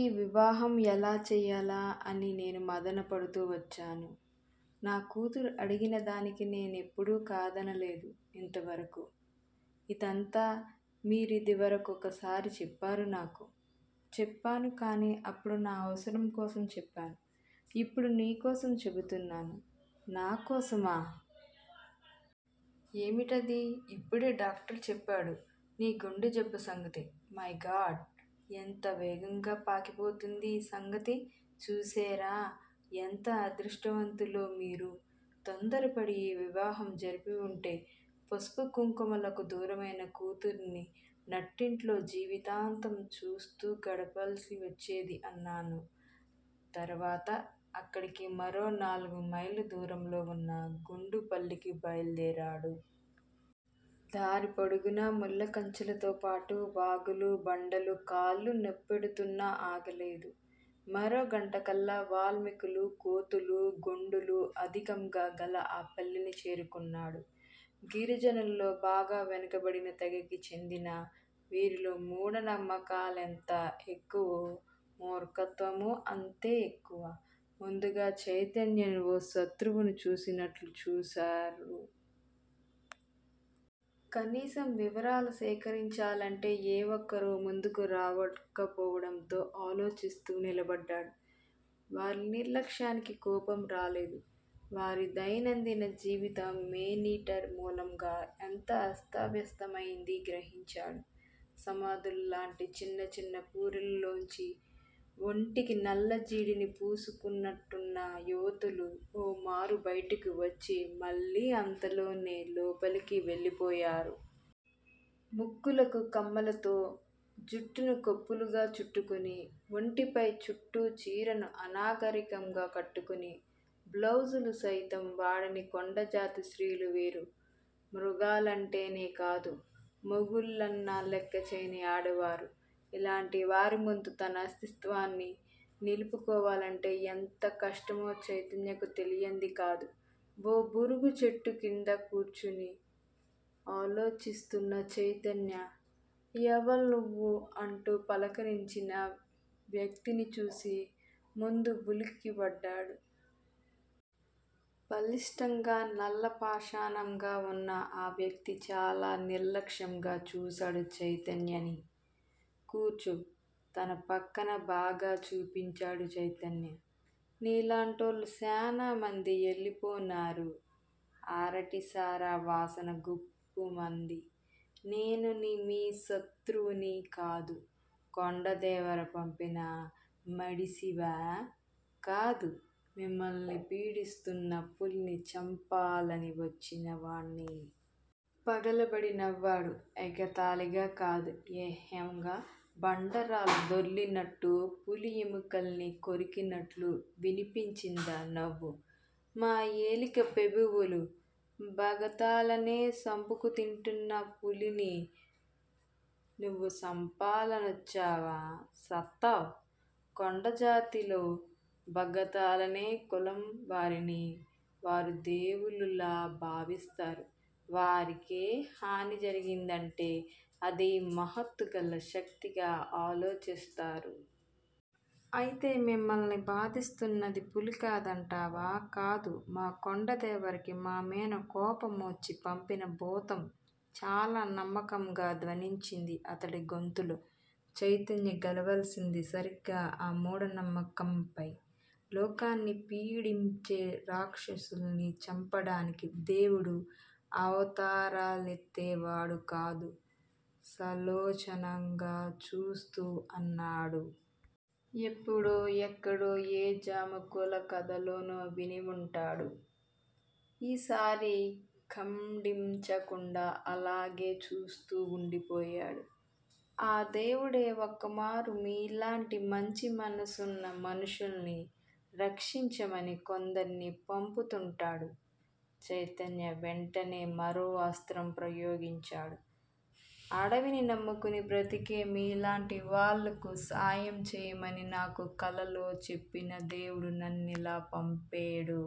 ఈ వివాహం ఎలా చెయ్యాలా అని నేను మధనపడుతూ వచ్చాను. నా కూతురు అడిగిన దానికి నేనెప్పుడూ కాదనలేదు ఇంతవరకూ. ఇదంతా మీరిదివర కొకసారి చెప్పారు నాకు. చెప్పాను కానీ అప్పుడు నా అవసరం కోసం చెప్పాను. ఇప్పుడు నీ కోసం చెపుతున్నాను. నా కోసమా? ఏమిటది? ఇప్పుడే డాక్టర్ చెప్పాడు నీ గుండెజబ్బు సంగతి. మైగాడ్- ఎంత వేగంగా పాకిపోతోంది ఈ సంగతి. చూసేరా ఎంత అదృష్టవంతులో మీరు. తొందరపడి ఈ వివాహం జరిపివుంటే పసుపు కుంకుమలకు దూరమైన కూతుర్ని నట్టింట్లో జీవితాంతం చూస్తూ గడపవలసి వచ్చేది అన్నాను. తర్వాత అక్కడికి మరోనాలుగుమైళ్ళ దూరంలో వున్న గొండుపల్లికి బయలుదేరాడు. దారిపొడుగునా ముళ్ళకంచెలతోపాటు వాగులు, బండలు, కాళ్ళు నొప్పెడుతున్నా ఆగలేదు. మరో గంటకల్లా వాల్మీకులు, కోతులు, గోండులు అధికంగా గల ఆ పల్లెని చేరుకున్నాడు. గిరిజనుల్లో బాగా వెనుకబడిన తెగకి చెందిన వీరిలో మూఢనమ్మకాలెంత ఎక్కువో, మూర్ఖత్వమూ అంతే ఎక్కువ. ముందుగా చైతన్యను ఓ శత్రువును చూసినట్టు చూశారు. కనీసం వివరాలు సేకరించాలంటే ఏ ఒక్కరూ ముందుకు రాకపోవడంతో ఆలోచిస్తూ నిలబడ్డాడు. వారి నిర్లక్ష్యానికి కోపం రాలేదు. వారి దైనందిన జీవితం మేనీటర్ మూలంగా ఎంత అస్తవ్యస్తమైందీ గ్రహించాడు. సమాధుల్లాంటి చిన్న చిన్న పూరిళ్ళలోంచి ఒంటికి నల్లజీడిని పూసుకున్నట్టున్న యువతులు ఓమారు బయటికి వచ్చి, మళ్ళీ అంతలోనే లోపలికి వెళ్ళిపోయారు. ముక్కులకు కమ్మలతో, జుట్టును కొప్పులుగా చుట్టుకుని, ఒంటిపై చుట్టూ చీరను అనాగరికంగా కట్టుకుని, బ్లౌజులు సైతం వాడని కొండజాతి స్త్రీలు వీరు. మృగాలంటేనే కాదు; మొగుళ్ళన్నా లెక్కచేయని ఆడవారు. ఇలాంటి వారి ముందు తన అస్తిత్వాన్ని నిలుపుకోవాలంటే ఎంత కష్టమో చైతన్యకు తెలియందికాదు. ఓ బూరుగు చెట్టు క్రింద కూచుని ఆలోచిస్తున్న చైతన్య యేవల్నువ్వు అంటూ పలకరించిన వ్యక్తిని చూసి ముందు ఉలికి పడ్డాడు. బలిష్టంగా, నల్లపాషాణంగా వున్న ఆ వ్యక్తి చాలా నిర్లక్ష్యంగా చూశాడు చైతన్యని. కూర్చో తన పక్కన బాగా చూపించాడు చైతన్య. నీలాటోలు సేనామంది యెల్లిపోనారూ అరటి సారా వాసన గుప్పుమంది. నేను మీ శత్రువుని కాదు. కొండదేవర పంపిన మడిసివా? కాదు. మిమ్మల్ని పీడిస్తున్న పులిని చంపాలనివచ్చినవాణ్ని. పగలబడి నవ్వాడు. ఎగతాళిగా కాదు_ఏహ్యంగా, బండరాళ్ళు దొర్లినట్లు. పులి ఎముకల్ని కొరికినట్టు వినిపించిందా నవ్వు. మా ఏలిక పెబువులు బగతాలనే సంపుకుతింటున్న పులిని నువ్వు సంపాలనొచ్చావా సత్తావు. కొండజాతిలో బగతాలనే కులం వారిని వారు దేవుళ్ళలా భావిస్తారు! వారికే హాని జరిగిందంటే అది మహత్తుగల శక్తిగా ఆలోచిస్తారు. అయితే, మిమ్మల్ని బాధిస్తున్నది పులి కాదంటావా? కాదు, మా కొండదేవరకి మామీన కోపమొచ్చి పంపిన భూతం చాలా నమ్మకం ధ్వనించింది అతడి గొంతులో. చైతన్య గెలవాల్సింది సరిగ్గా ఆ మూఢనమ్మకంపై. లోకాన్ని పీడించే రాక్షసుల్ని చంపడానికి దేవుడు అవతారాలెత్తే వాడు కదూ! సాలోచనగా చూస్తూ అన్నాడు. ఎప్పుడో, ఎక్కడో ఏ జముకుల కథలోనో విని వుంటాడు. ఈసారి ఖండించకుండా అలాగే చూస్తూ ఉండిపోయాడు. ఆ దేవుడే ఒక్కోమారు మీలాంటి మంచి మనసున్న మనుషుల్ని రక్షించమని కొందర్ని పంపుతుంటాడు చైతన్య వెంటనే మరో అస్త్రం ప్రయోగించాడు, అడవిని నమ్ముకుని బ్రతికే మీలాంటి వాళ్ళకు సాయం చెయ్యమని నాకు కలలో చెప్పిన దేవుడు నన్నిలా పంపేడు.